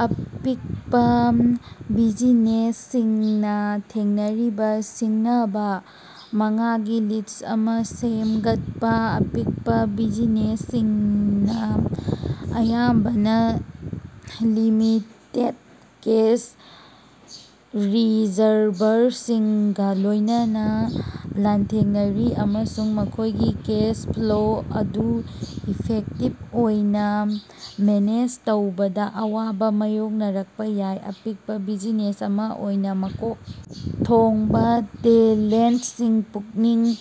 ꯑꯄꯤꯛꯄꯥ ꯕꯤꯖꯤꯅꯦꯁꯁꯤꯡꯅꯥ ꯊꯦꯡꯅꯔꯤꯕꯥ ꯁꯤꯡꯅꯕꯥ ꯃꯉꯥꯒꯤ ꯂꯤꯁ꯭ꯠ ꯑꯃꯥ ꯁꯦꯝꯒꯠꯄꯥ꯫ ꯑꯄꯤꯛꯄꯥ ꯕꯤꯖꯤꯅꯦꯁꯁꯤꯡꯅꯥ ꯑꯌꯥꯝꯕꯅꯥ ꯂꯤꯃꯤꯇꯦꯗ ꯀꯦꯁ ꯔꯤꯖꯔꯚꯔꯁꯤꯡꯒꯥ ꯂꯣꯏꯅꯅꯥ ꯂꯥꯟꯊꯦꯡꯅꯔꯤ ꯑꯃꯁꯨꯡ ꯃꯈꯣꯏꯒꯤ ꯀꯦꯁ ꯐ꯭ꯂꯣ ꯑꯗꯨ ꯏꯐꯦꯛꯇꯤꯕ ꯑꯣꯏꯅ ꯃꯦꯅꯦꯖ ꯇꯧꯕꯗꯥ ꯑꯋꯥꯕꯥ ꯃꯥꯌꯣꯛꯅꯔꯛꯄꯥ ꯌꯥꯏ꯫ ꯑꯄꯤꯛꯄꯥ ꯕꯤꯖꯤꯅꯦꯁ ꯑꯃꯥ ꯑꯣꯏꯅ ꯃꯀꯣꯛ ꯊꯣꯡꯕꯥ ꯇꯦꯂꯦꯟꯇꯁꯤꯡ ꯄꯨꯛꯅꯤꯡ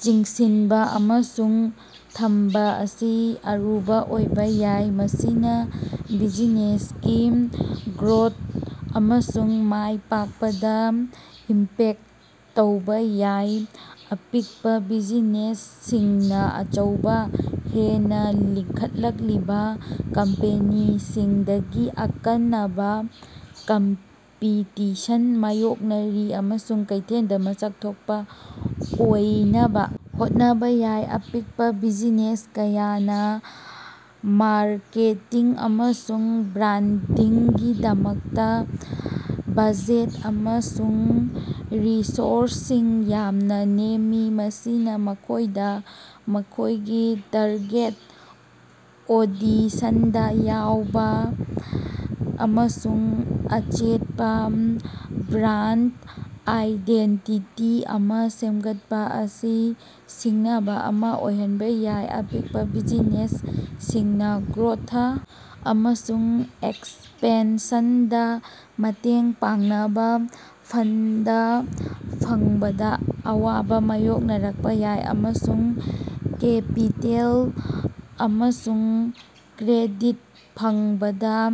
ꯆꯤꯡꯁꯤꯟꯕ ꯑꯃꯁꯨꯡ ꯊꯝꯕ ꯑꯁꯤ ꯑꯔꯨꯕ ꯑꯣꯏꯕ ꯌꯥꯏ꯫ ꯃꯁꯤꯅꯥ ꯕꯤꯖꯤꯅꯦꯁꯀꯤ ꯒ꯭ꯔꯣꯊ ꯑꯃꯁꯨꯡ ꯃꯥꯏ ꯄꯥꯛꯄꯗꯥ ꯏꯝꯄꯦꯛꯇ ꯇꯧꯕ ꯌꯥꯏ꯫ ꯑꯄꯤꯛꯄꯥ ꯕꯤꯖꯤꯅꯦꯁꯁꯤꯡꯅꯥ ꯑꯆꯧꯕ, ꯍꯦꯟꯅꯥ ꯂꯤꯡꯈꯠꯂꯛꯂꯤꯕ ꯀꯝꯄꯦꯅꯤꯁꯤꯡꯗꯒꯤ ꯑꯀꯟꯅꯕ ꯀꯝꯄꯤꯇꯤꯁꯟ ꯃꯥꯌꯣꯛꯅꯔꯤ, ꯑꯃꯁꯨꯡ ꯀꯩꯊꯦꯜꯗꯥ ꯃꯁꯛ ꯊꯣꯛꯄꯥ ꯑꯣꯏꯅꯕ ꯍꯣꯠꯅꯕ ꯌꯥꯏ꯫ ꯑꯄꯤꯛꯄꯥ ꯕꯤꯖꯤꯅꯦꯁ ꯀꯌꯥꯅꯥ ꯃꯥꯔꯀꯦꯇꯤꯡ ꯑꯃꯁꯨꯡ ꯕ꯭ꯔꯥꯟꯗꯤꯡꯒꯤꯗꯃꯛꯇꯥ ꯕꯖꯦꯠ ꯑꯃꯁꯨꯡ ꯔꯤꯁꯣꯔꯁꯁꯤꯡ ꯌꯥꯝꯅ ꯅꯦꯝꯃꯤ, ꯃꯁꯤꯅꯥ ꯃꯈꯣꯏꯗꯥ ꯃꯈꯣꯏꯒꯤ ꯇꯥꯔꯒꯦꯠ ꯑꯣꯗꯤꯁꯟꯗꯥ ꯌꯧꯕ ꯑꯃꯁꯨꯡ ꯑꯆꯦꯠꯄꯥ ꯕ꯭ꯔꯥꯟꯗ ꯑꯥꯏꯗꯦꯟꯇꯤꯇꯤ ꯑꯃꯥ ꯁꯦꯝꯒꯠꯄꯥ ꯑꯁꯤ ꯁꯤꯡꯅꯕ ꯑꯃꯥ ꯑꯣꯏꯍꯟꯕ ꯌꯥꯏ꯫ ꯑꯄꯤꯛꯄꯥ ꯕꯤꯖꯤꯅꯦꯁꯁꯤꯡꯅꯥ ꯒ꯭ꯔꯣꯊ ꯑꯃꯁꯨꯡ ꯑꯦꯛꯁꯄꯦꯟꯁꯟꯗꯥ ꯃꯇꯦꯡ ꯄꯥꯡꯅꯕ ꯐꯟꯗ ꯐꯪꯕꯗꯥ ꯑꯋꯥꯕ ꯃꯥꯌꯣꯛꯅꯔꯛꯄꯥ ꯌꯥꯏ, ꯑꯃꯁꯨꯡ ꯀꯦꯄꯤꯇꯦꯜ ꯑꯃꯁꯨꯡ ꯀ꯭ꯔꯦꯗꯤꯠ ꯐꯪꯕꯗꯥ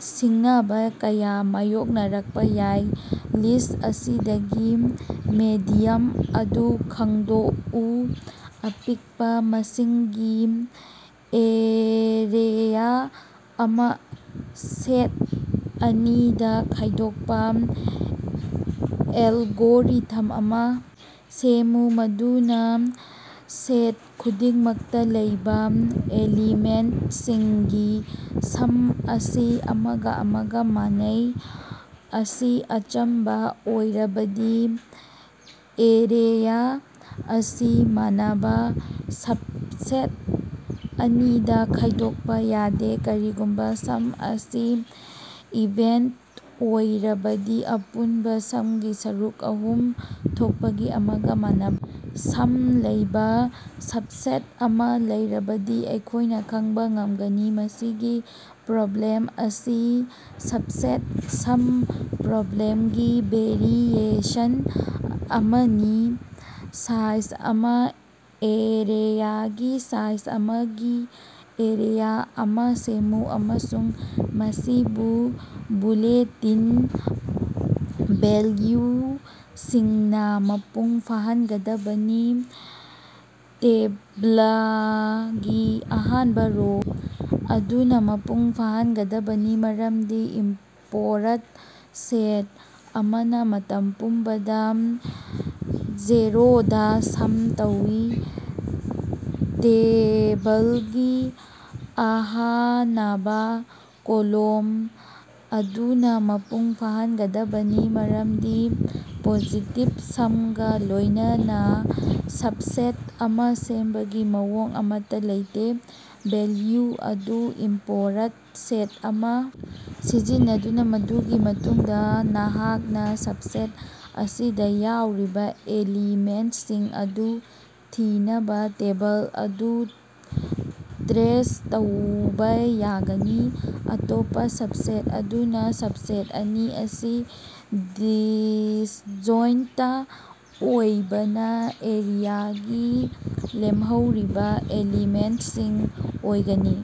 ꯁꯤꯡꯅꯕ ꯀꯌꯥ ꯃꯥꯌꯣꯛꯅꯔꯛꯄꯥ ꯌꯥꯏ꯫ ꯂꯤꯁ꯭ꯠ ꯑꯁꯤꯗꯒꯤ ꯃꯦꯗꯤꯌꯝ ꯑꯗꯨ ꯈꯪꯗꯣꯛꯎ꯫ ꯑꯄꯤꯛꯕꯥ ꯃꯁꯤꯡꯒꯤ ꯑꯦꯔꯦꯌ ꯥ ꯑꯃꯥ ꯁꯦꯠ ꯑꯅꯤꯗꯥ ꯈꯥꯏꯗꯣꯛꯄꯥ ꯑꯦꯂꯒꯣꯔꯤꯊꯝ ꯑꯃꯥ ꯁꯦꯝꯃꯨ ꯃꯗꯨꯅꯥ ꯁꯦꯠ ꯈꯨꯗꯤꯡꯃꯛꯇꯥ ꯂꯩꯕ ꯑꯦꯂꯤꯃꯦꯟꯇꯁꯤꯡꯒꯤ ꯁꯝ ꯑꯁꯤ ꯑꯃꯒꯥ ꯑꯃꯒꯥ ꯃꯥꯟꯅꯩ꯫ ꯑꯁꯤ ꯑꯆꯝꯕꯥ ꯑꯣꯏꯔꯕꯗꯤ, ꯑꯦꯔꯦꯌꯥ ꯑꯁꯤ ꯃꯥꯟꯅꯕꯥ ꯁꯕꯁꯦꯠ ꯑꯅꯤꯗꯥ ꯈꯥꯏꯗꯣꯛꯄꯥ ꯌꯥꯗꯦ꯫ ꯀꯔꯤꯒꯨꯝꯕ ꯁꯝ ꯑꯁꯤ ꯏꯚꯦꯟꯇ ꯑꯣꯏꯔꯕꯗꯤ, ꯑꯄꯨꯟꯕꯥ ꯁꯝꯒꯤ ꯁꯔꯨꯛ ꯑꯍꯨꯝ ꯊꯣꯛꯄꯒꯤ ꯑꯃꯒꯥ ꯃꯥꯟꯅꯕꯥ ꯁꯝ ꯂꯩꯕ ꯁꯕꯁꯦꯠ ꯑꯃꯥ ꯂꯩꯔꯕꯗꯤ ꯑꯩꯈꯣꯏꯅ ꯈꯪꯕ ꯉꯝꯒꯅꯤ꯫ ꯃꯁꯤꯒꯤ ꯄ꯭ꯔꯣꯕ꯭ꯂꯦꯝ ꯑꯁꯤ ꯁꯕꯁꯦꯠ ꯁꯝ ꯄ꯭ꯔꯣꯕ꯭ꯂꯦꯝꯒꯤ ꯚꯦꯔꯤꯑꯦꯁꯟ ꯑꯃꯅꯤ꯫ ꯁꯥꯏꯖ ꯑꯃꯥ ꯑꯦꯔꯦꯌꯥꯒꯤ ꯁꯥꯏꯖ ꯑꯃꯥꯒꯤ ꯑꯦꯔꯦꯌꯥ ꯑꯃꯥ ꯁꯦꯝꯃꯨ ꯑꯃꯁꯨꯡ ꯃꯁꯤꯕꯨ ꯕꯨꯂꯦꯇꯤꯟ ꯚꯦꯜꯌꯨꯁꯤꯡꯅꯥ ꯃꯄꯨꯡ ꯐꯥꯍꯟꯒꯗꯕꯅꯤ꯫ ꯇꯦꯕꯂꯒꯤ ꯑꯍꯥꯟꯕ ꯔꯣ ꯑꯗꯨꯅꯥ ꯃꯄꯨꯡ ꯐꯥꯍꯟꯒꯗꯕꯅꯤ, ꯃꯔꯝꯗꯤ ꯏꯝꯄꯣꯔꯠ ꯁꯦꯠ ꯑꯃꯅꯥ ꯃꯇꯝ ꯄꯨꯝꯕꯗꯥ ꯖꯦꯔꯣꯗꯥ ꯁꯝ ꯇꯧꯏ꯫ ꯇꯦꯕꯂꯒꯤ ꯑꯍꯥꯅꯕꯥ ꯀꯣꯂꯝ ꯑꯗꯨꯅꯥ ꯃꯄꯨꯡ ꯐꯥꯍꯟꯒꯗꯕꯅꯤ, ꯃꯔꯝꯗꯤ ꯄꯣꯖꯤꯇꯤꯚ ꯁꯝꯒꯥ ꯂꯣꯏꯅꯅꯥ ꯁꯕꯁꯦꯠ ꯑꯃꯥ ꯁꯦꯝꯕꯒꯤ ꯃꯑꯣꯡ ꯑꯃꯠꯇꯥ ꯂꯩꯇꯦ꯫ ꯚꯦꯜꯌꯨ ꯑꯗꯨ ꯏꯝꯄꯣꯔꯠ ꯁꯦꯠ ꯑꯃꯥ ꯁꯤꯖꯤꯟꯅꯗꯨꯅꯥ ꯃꯗꯨꯒꯤ ꯃꯇꯨꯡꯗꯥ ꯅꯍꯥꯛꯅꯥ ꯁꯕꯁꯦꯠ ꯑꯁꯤꯗꯥ ꯌꯥꯎꯔꯤꯕꯥ ꯑꯦꯂꯤꯃꯦꯟꯇꯁꯤꯡ ꯑꯗꯨ ꯊꯤꯅꯕꯥ ꯇꯦꯕꯜ ꯑꯗꯨ ꯇ꯭ꯔꯦꯁ ꯇꯧꯕ ꯌꯥꯒꯅꯤ꯫ ꯑꯇꯣꯞꯄꯥ ꯁꯕꯁꯦꯠ ꯑꯗꯨꯅꯥ ꯁꯕꯁꯦꯠ ꯑꯅꯤ ꯑꯁꯤ ꯗꯤꯁꯖꯣꯏꯟꯇ ꯑꯣꯏꯕꯅ ꯑꯦꯔꯦꯌꯥꯒꯤ ꯂꯦꯝꯍꯧꯔꯤꯕ ꯑꯦꯂꯤꯃꯦꯟꯇꯁꯤꯡ ꯑꯣꯏꯒꯅꯤ꯫